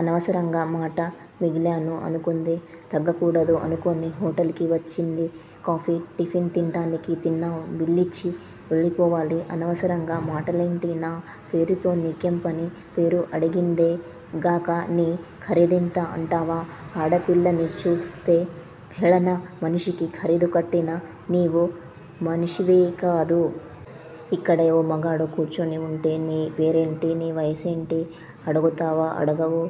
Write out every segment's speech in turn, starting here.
అనవసరంగా మాట మిగిలాను అనుకుంది. తగ్గకూడదు అనుకుని హొటల్ కి వచ్చింది కాఫీ, టిఫెన్ తింటానికి- తిన్నావ్, బిల్లిచ్చి, వెళ్ళిపోవాలి. అనవసరం మాటలేంటి? నా పేరుతో నీకేం పని? పేరు అడిగిందే గాక, నీ ఖరీదెంత అంటావా? ఆడ పిల్లని చూస్తే హేళన! మనిషికి ఖరీదు కట్టిన నీవు మనిషివికాదు. ఇక్కడే ఓ మగాడు కూర్చొని వుంటే నీ పేరేంటి? నీ యసేంటి? అడుగుతావా? అడగవు.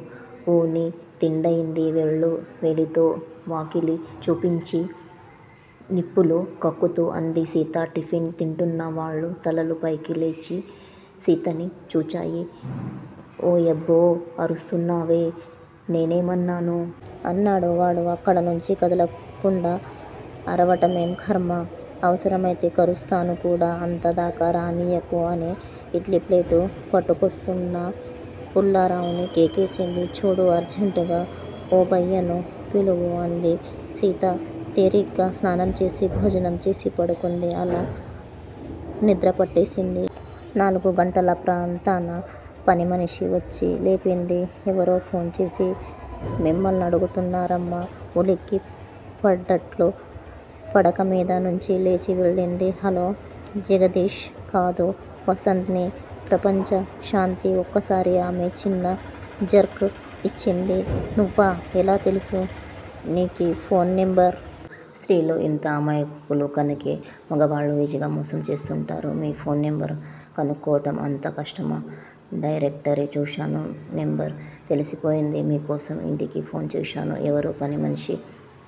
ఊ నీ తిండయింది వెళ్లు. వేలితో వాకిలి చూపించి నిప్పులు కక్కుతూ అంది సీత. టిఫెన్ తింటున్న వాళ్లు తలలు పైకి లేచి సీతని చూచాయి. ఓయబ్బో అరుస్తున్నావే? నేనేమన్నాను? అన్నాడు వాడు అక్కడ నుంచి కదలకుండా. అరవటమేం ఖర్మ అవసరమయితే కరుస్తాను కూడా! అంత దాకా రానీయకు. అని ఇడ్లీ ప్లేట్లు పట్టుకోస్తున్న పుల్లారావుని కేకేసింది. చూడు. అర్జంటుగా ఓబయ్యను పిలువు అంది సీత. తీరిగ్గా స్నానం చేసి, భోజనం చేసి పడుకుంది. అలా నిద్రపట్టేసింది. నాలుగు గంటల ప్రాంతాన పనిమనిషి వచ్చి లేపింది. ఎవరో ఫోన్ చేసి మిమ్మల్నడుగుతున్నారమ్మా ఉలిక్కి పడ్డట్లు పడకమీద నుంచి లేచి వెళ్ళింది. హలో! జగదీషా! కాదు వసంత్ ని ప్రపంచ శాంతి ఒక్కసారి ఆమె చిన్న జర్క్ ఇచ్చింది. నువ్వా! ఎలా తెలుసు నీకీ ఫోన్ నెంబర్? స్త్రీలు ఇంత అమాయకులు కనుకే మగవాళ్ళు ఈజీగా మోసం చేస్తుంటారు. మీ ఫోన్ నెంబర్ కనుక్కోవడం అంత కష్టమా? డైరెక్టరీ చూశాను. నెంబరు తెలిసిపోయింది. మీకోసం ఇంటికి ఫోన్ చేశాను. ఎవరో పనిమనిషి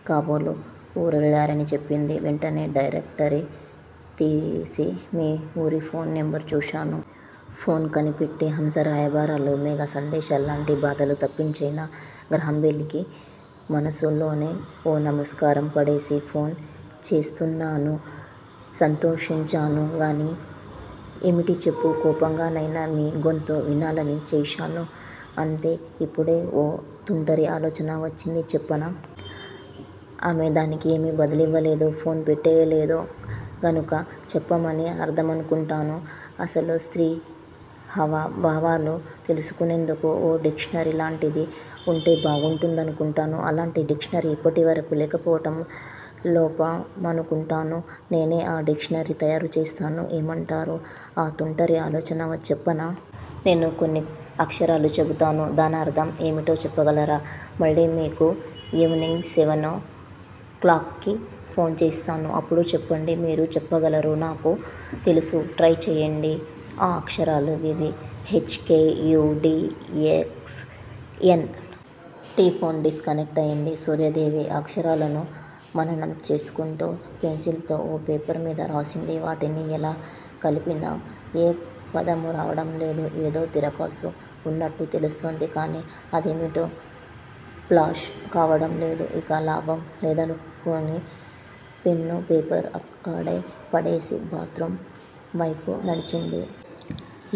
కాబోలు ఊరెళ్ళారని చెప్పింది. వెంటనే డైరెక్టరీ తీసి మీ ఊరి ఫోన్ నెంబర్ చూశాను. ఫోన్ కనిపెట్టి హంస రాయబారాలు, మేఘ సందేశాలు లాంటి బాధలు తప్పించైనా గ్రాహంబెల్ కి మనసులోనే ఓ నమస్కారం పడేసి ఫోన్ చేస్తున్నాను సంతోషించాను గానీ, ఏమిటి చెప్పు? కోపంగానైనా మీ గొంతు వినాలని చేశాను అంతే ఇప్పుడే ఓ తుంటరి ఆలోచన వచ్చింది చెప్పనా? ఆమె దానికి ఏమీ బదులివ్వలేదు. ఫోన్ పెట్టేయలేదు గనుక చెప్పమనే అర్ధమనుకుంటాను. అసలు స్త్రీ హావ భావాలు తెలుసుకునేందుకు ఓ డిక్షనరీ లాంటిది వుంటే బావుంటుందనుకుంటాను. అలాంటి డిక్షనరీ ఇప్పటి వరకూ లేకపోవడం లోపమనుకుంటాను. నేనే ఆ డిక్షనరీ తయారు చేస్తాను. ఏమంటారు? ఆ తుంటరి ఆలోచనా చెప్పనా? నేను కొన్ని అక్షరాలు చెబుతాను. దానర్ధం ఏమిటో చెప్పగలరా? మళ్ళీ మీకు ఈవినింగ్ సెవన్ ఓ క్లాక్ కి ఫోన్ చేస్తాను. అప్పుడు చెప్పండి మీరు చెప్పగలరు నాకు తెలుసు. ట్రై చేయండి. ఆ అక్షరాలు ఇవీ H. K. U. D. X. N. T phone disconnect అయింది. సూర్యాదేవి ఆ అక్షరాలను మననం చేసుకుంటూ పెన్సిల్ తో ఓ పేపర్ మీద రాసింది. వాటిని ఎలా కలిపినా ఏ పదమూ రావడం లేదు. ఏదో తిరకాసు వున్నట్లు తెలుస్తోంది కానీ అదేమిటో ప్లాష్ కావడం లేదు. ఇక లాభం లేదనుకుని పెన్నూ, పేపర్ అక్కడే పడేసి, బాత్రూమ్ వైపు నడిచింది.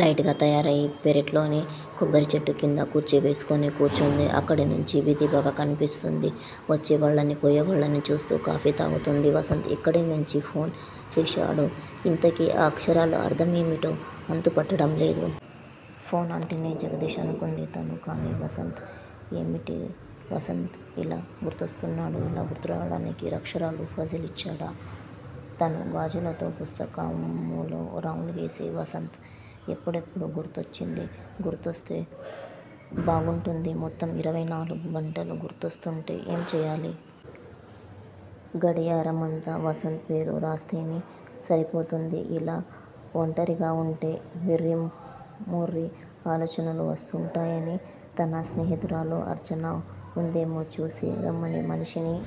లైట్ గా తయారయి పెరట్లోని కొబ్బరిచెట్ల కింద కుర్చీ వేసుకుని కూర్చుంది. అక్కడి నుండి వీధి బాగా కనిపిస్తుంది. వచ్చే వాళ్ళనీ పోయేవాళ్ళనీ చూస్తూ కాఫీ తాగుతోంది. వసంత్ ఎక్కడి నుంచి ఫోన్ చేశాడు. ఇంతకీ ఆ అక్షరాల అర్ధం ఏమిటో అంతు పట్టడం లేదు. ఫోన్ అంటేనే జగదీష్ అనుకొంది తను. కానీ వసంత్. ఇదేమిటి వసంత్ ఇలా గురొస్తున్నాడు. ఇలా గుర్తురావడానికే అక్షరాల పజిల్ ఇచ్చాడా? తనూ గాజుతో పుస్తకములో రౌండ్ గీసి వసంత్ ఎప్పుడెప్పుడూ గుర్తొచ్చింది గుర్తిస్తే బావుంటుంది. మొత్తం ఇరవై నాలుగు గంటలూ గుర్తొస్తుంటే ఏం చేయాలి. గడియారమంతా వసంత్ పేరు రాస్తేనే సరిపోతుంది. ఇలా ఒంటరిగా వుంటే వెర్రిమొర్రి ఆలోచనలు వస్తుంటాయని తన స్నేహితురాలు అర్చన వుందేమో చూసి రమ్మని మనిషిని